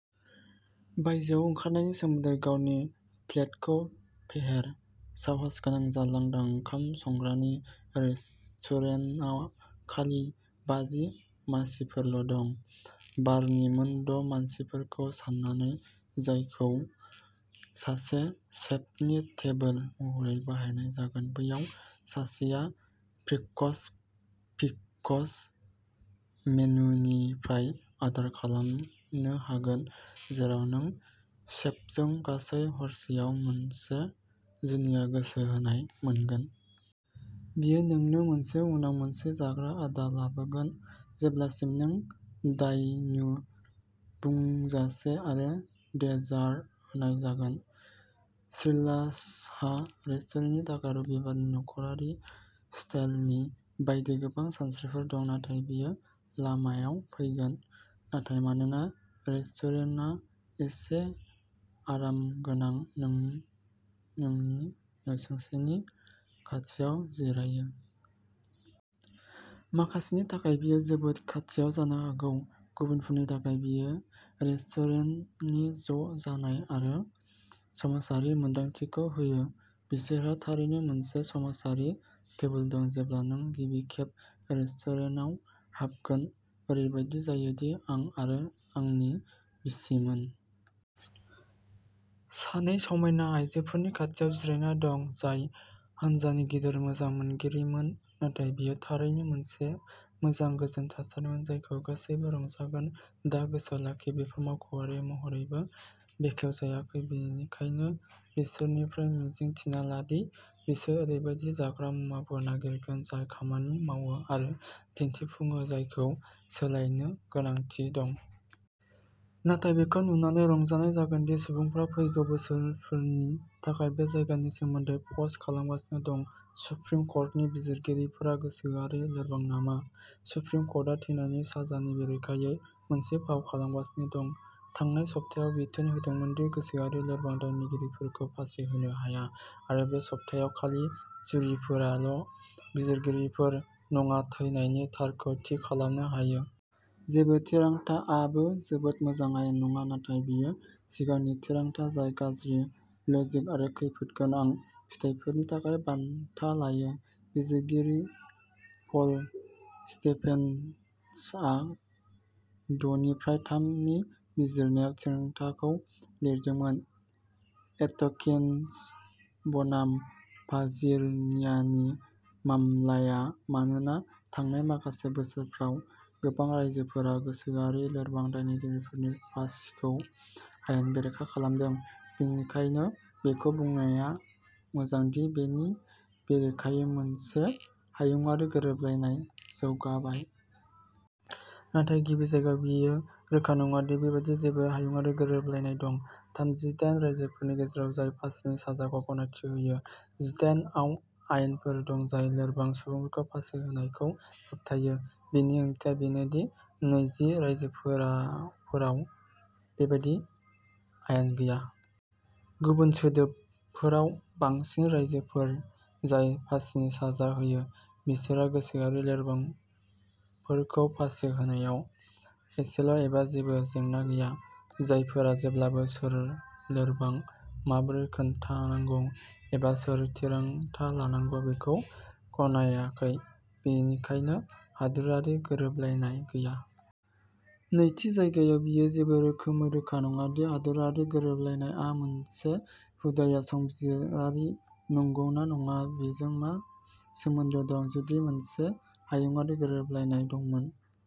बायजोआव ओंखारनायनि सोमोन्दै गावनि पेलेटखौ फेहेर, साहसगोनां जा। लांदां ओंखाम संग्रानि रेस्टुरेन्टआ खालि बाजि मासिफोरल' दं, बारनि मोन द’ मासिफोरखौ साननानै जायखौ सासे सेफनि टेबोल महरै बाहायनाय जागोन। बैयाव सासेआ प्रिक्स फिक्स मेनुनिफ्राय अर्डार खालामनो हागोन जेराव नों सेफजों गासै हरसेआव मोनसे जुनिया गोसो होनाय मोनगोन। बियो नोंनो मोनसे उनाव मोनसे जाग्रा आदार लाबोगोन जेब्लासिम नों दायनु बुंजासे आरो डेजार्ट होनाय जागोन। श्लासहा रेस्टुरेन्टनि थाखाय रबिबारनि नख'रारि स्टाइलनि बायदि गोबां सानस्रिफोर दं, नाथाय बेयो लामायाव फैगोन। नाथाय मानोना रेस्टुरेना एसे आरामगोनां नों नोंनि नसुंसेनि खाथियाव जिरायो। माखासेनि थाखाय बेयो जोबोद खाथियाव जानो हागौ, गुबुनफोरनि थाखाय, बेयो रेस्टुरेन्टनि ज'जानाय आरो समाजारि मोन्दांथिखौ होयो बिसोरहा थारैनो मोनसे समाजारि टेबोल दं जेब्ला नों गिबि खेब रेस्टुरेन्टआव हाबगोन। ओरैबायदि जायो दि आं आरो आंनि बिसिमोन। सानै समायना आयजोफोरनि खाथियाव जिरायना दं, जाय हानजानि गिदिर मोजां मोनगिरिफोरमोन नाथाय बेयो थारैनो मोनसे मोजां, गोजोन थासारिमोन जायखौ गासैबो रंजागोन। दा गोसोआव लाखि, बेफोर मावख'आरि महरैबो बेखेवजायाखै, बेनिखायनो बिसोरनिफ्राय मिजिं थिना ला दि बिसोर ओरैबायदि जाग्रा मुवाफोर नागिरगोन जाय खामानि मावो आरो दिन्थिफुङो जायखौ सोलायनो गोनांथि दं। नाथाय बेखौ नुनानै रंजानाय जागोन दि सुबुंफोरा फैगौ बोसोरफोरनि थाखाय बे जायगानि सोमोन्दै पस्ट खालामगासिनो दं। सुप्रिम कर्टनि बिजिरगिरिफ्रा गोसोआरि लोरबां नामा? सुप्रिम कर्टआ थैनायनि साजानि बेरेखायै मोनसे फाव खालामगासिनो दं, थांनाय सप्तायाव बिथोन होदोंमोन दि गोसोआरि लोरबां दायनिगिरिफोरखौ फासि होनो हाया आरो बे सप्तायाव खालि जुरिफोराल', बिजिरगिरिफोर नङा, थैनायनि थारखौ थि खालामनो हायो। जेबो थिरांथाआबो जोबोद मोजां आयेन नङा, नाथाय बेयो सिगांनि थिरांथा जाय गाज्रि लजिक आरो खैफोदगोनां फिथायफोरनि थाखाय बान्था लायो। बिजिरगिरि पल स्टिभेन्सआ दनिफ्राइ थाम नि बिजिरनायाव थिरांथाखौ लिरदोंमोन। एटकिन्स बनाम भार्जिनियानि मामलाया, मानोना थांनाय माखासे बोसोरफोराव गोबां रायजोफोरा गोसोआरि लोरबां दायनिगिरिफोरनि फासिखौ आयेन बेरेखा खालामदों, बेनिखायनो बेखौ बुंनाया मोजां दि बेनि बेरेखायै मोनसे हायुङारि गोरोबलायनाय जौगाबाय। नाथाय गिबि जायगायाव, बेयो रोखा नङा दि बेबादि जेबो हायुङारि गोरोबलायनाय दं। थामजिदाइन रायजोफोरनि गेजेराव जाय फासिनि साजाखौ गनायथि होयो, जिदाइन आव आयेनफोर दं जाय लोरबां सुबुंफोरखौ फासि होनायखौ होबथायो। बेनि ओंथिया बेनो दि नैजि रायजोफोराव बेबादि आयेन गैया। गुबुन सोदोबफोराव, बांसिन रायजोफोर जाय फासिनि साजा होयो बिसोरहा गोसोआरि लोरबांफोरखौ फासि होनायाव एसेल' एबा जेबो जेंना गैया। जायफोरा जेब्लाबो सोर लोरबां, माबोरै खोन्थानांगौ, एबा सोर थिरांथा लानांगौ बेखौ गनायाखै। बेनिखायनो, हादोरारि गोरोबलायनाय गैया। नैथि जायगायाव, बेयो जेबो रोखोमै रोखा नङा दि हादोरारि गोरोबलायनाय आ मोनसे हुदाया संबिजिरारि नंगौना नङा बेजों मा सोमोन्दो दं। जुदि मोनसे हायुङारि गोरोबलायनाय दंमोन।